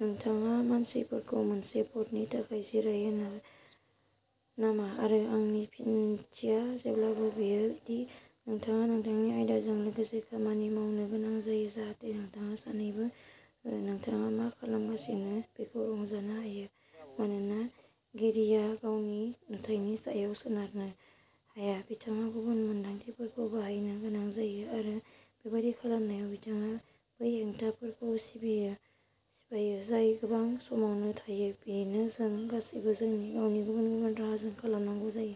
नोंथाङा मानसिफोरखौ मोनसे फट'नि थाखाय जिरायनो होयो नामा? आरो आंनि फिनथिया जेब्लाबो बेनो दि नोंथाङा नोंथांनि आयदाजों लोगोसे खामानि मावनो गोनां जायो जाहाथे नोंथाङा सानैबो नोंथाङा मा खालामगासिनो बेखौ रंजानो हायो। मानोना गेरीया गावनि नुथायनि सायाव सोनारनो हाया बिथाङा गुबुन मोनदांथिफोरखौ बाहायनो गोनां जायो आरो बेबादि खालामनायाव बिथाङा बै हेंथाफोरखौ सिफायो जाय गोबां समावनो थायो बेनो जों गासैबो जोंनि गावनि गुबुन गुबुन राहाजों खालामनांगौ जायो।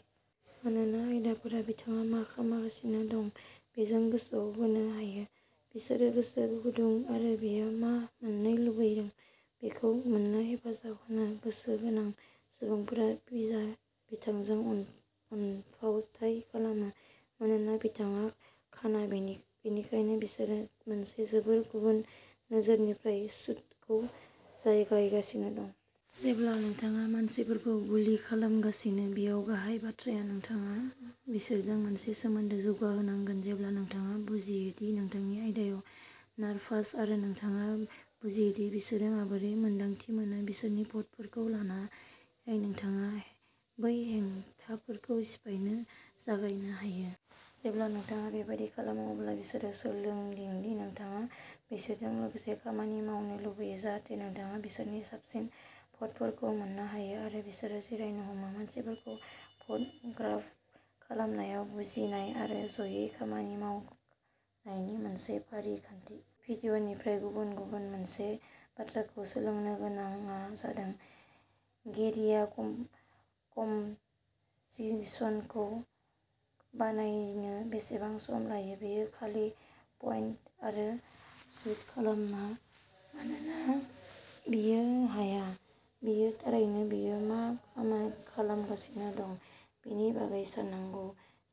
मानोना आयदाफोरा बिथाङा मा खालामगासिनो दं बेजों गोसो बोनो हायो बिसोरो गोसो गुदुं आरो बियो मा मोन्नो लुबैदों बेखौ मोन्नो हेफाजाब होनो गोसो गोनां। सुबुंफोरा बिथांजों अनफावथाय खालामो मानोना बिथाङा खाना बेनिखायनो बिसोरो मोनसे जोबोद गुबुन नोजोरनिफ्राय शूटखौ जागायगासिनो दं। जेब्ला नोंथाङा मानसिफोरखौ गुलि खालामगासिनो बेयो गाहाय बाथ्रा नोंथाङा बिसोरजों मोनसे सोमोन्दो जौगाहोनांगोन। जेब्ला नोंथाङा बुजियोदि नोंथांनि आयदाया नारभास आरो नोंथाङा बुजियोदि बिसोरो माबोरै मोन्दांथि मोनो। बिसोरनि फट'फोरखौ लानाय नोंथाङा बै हेंथाफोरखौ सिफायनो जागायनो हायो। जेब्ला नोंथाङा बेबादि खालामो अब्ला बिसोरो सोलोङोदि नोंथाङा बिसोरजों लोगोसे खामानि मावनो लुबैयो जाहाथे नोंथाङा बिसोरनि साबसिन फट'फोरखौ मोन्नो हायो आरो बिसोरो जिरायनो हमो। मानसिफोरखौ फट'ग्राफ खालामनाया बुजिनाय आरो ज'यै खामानि मावनायनि मोनसे फारिखान्थि। बे भिडिय'निफ्राय गुबुन मोनसे बाथ्राखौ सोलोंनो गोनांआ जादों गेरीआ कम्प'जिशनखौ बानायनो बेसेबां सम लायो। बियो खालि पइन्ट आरो शुट खालामा मानोना बियो हाया। बियो थारैनो बियो मा खालामगासिनो दं बेनि बागै साननांगौ।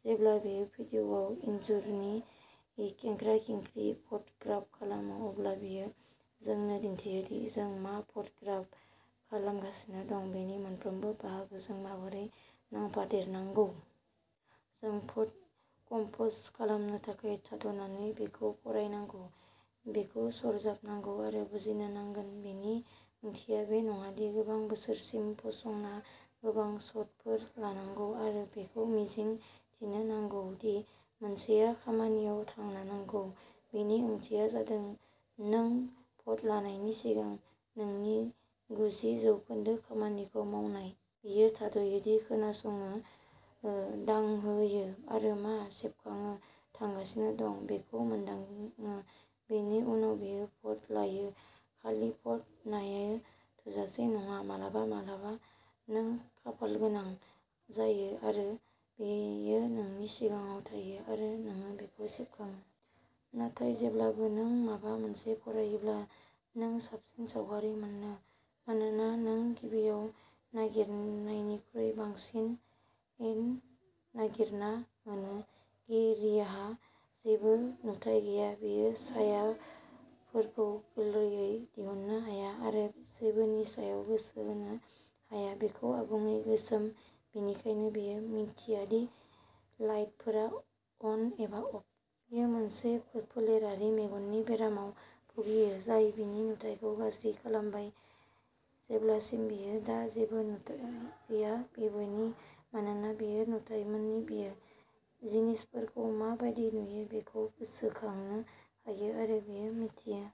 जेब्ला बियो भिडिय'आव इनजुरनि खेंख्रा-खेंख्रिखौ फट'ग्राफ खालामो अब्ला बियो जोंनो दिन्थियोदि जों मा फट'ग्राफ खालामगासिनो दं बेनि मोनफ्रोमबो बाहागोजों माबोरै नांफादेरनांगौ। जों फट'कम्प'ज खालामनो थाखाय थाद'नानै बेखौ फरायनांगौ बेखौ सरजाबनांगौ आरो बुजिनो नांगोन। बेनि ओंथिया बे नङादि गोबां बोसोरसिम गसंना गोबां शटफोर लानांगौ आरो बेखौ मिजिं थिनो नांगौदि मोनसेआ खामानियाव थांनांगौ। बेनि ओंथिया जादों नों फट'लानायनि सिगां नोंनि गुजि जौखोन्दो खामानिखौ मावनाय। बियो थाद'यो, खोनासङो ओ दांहोयो आरो मा सेबखांनो थांगासिनो दं बेखौ मोनदाङो। बेनि उनाव बियो फट'लायो। खालि फट'नायानो थोजासे नङा। माब्लाबा माब्लाबा नों खाफालगोनां जायो आरो बेयो नोंनि सिगाङाव थायो आरो नों बेखौ सेबखाङो। नाथाय जेब्लाबो नों माबा मोनसे फरायोब्ला नों साबसिन सावगारि मोनो मानोना नों गिबियाव नागिरनायनिख्रुइ बांसिन नागिरना मोनो। गेरीहा जेबो नुथाइ गैया बियो सायाफोरखौ गोरलैयैनो दिहुननो हाया आरो जेबोनि सायाव गोसो होनो हाया बेयो आबुङै गोसोम बेनिखायनो बियो मिन्थियादि लाइटफोरा अन एबा अफ। बियो मोनसे फोलेरारि मेगननि बेरामाव भुगियो जाय बिनि नुथायखौ गाज्रि खालामबाय जेब्लासिम बियो दा जेबो नुथाइ गैया। बबेखानि, मानोना बियो नुथाइमोन बियो जिनिसफोरखौ मा बायदि नुयो बेखौ गोसोखांनो हायो आरो बियो मिन्थियो।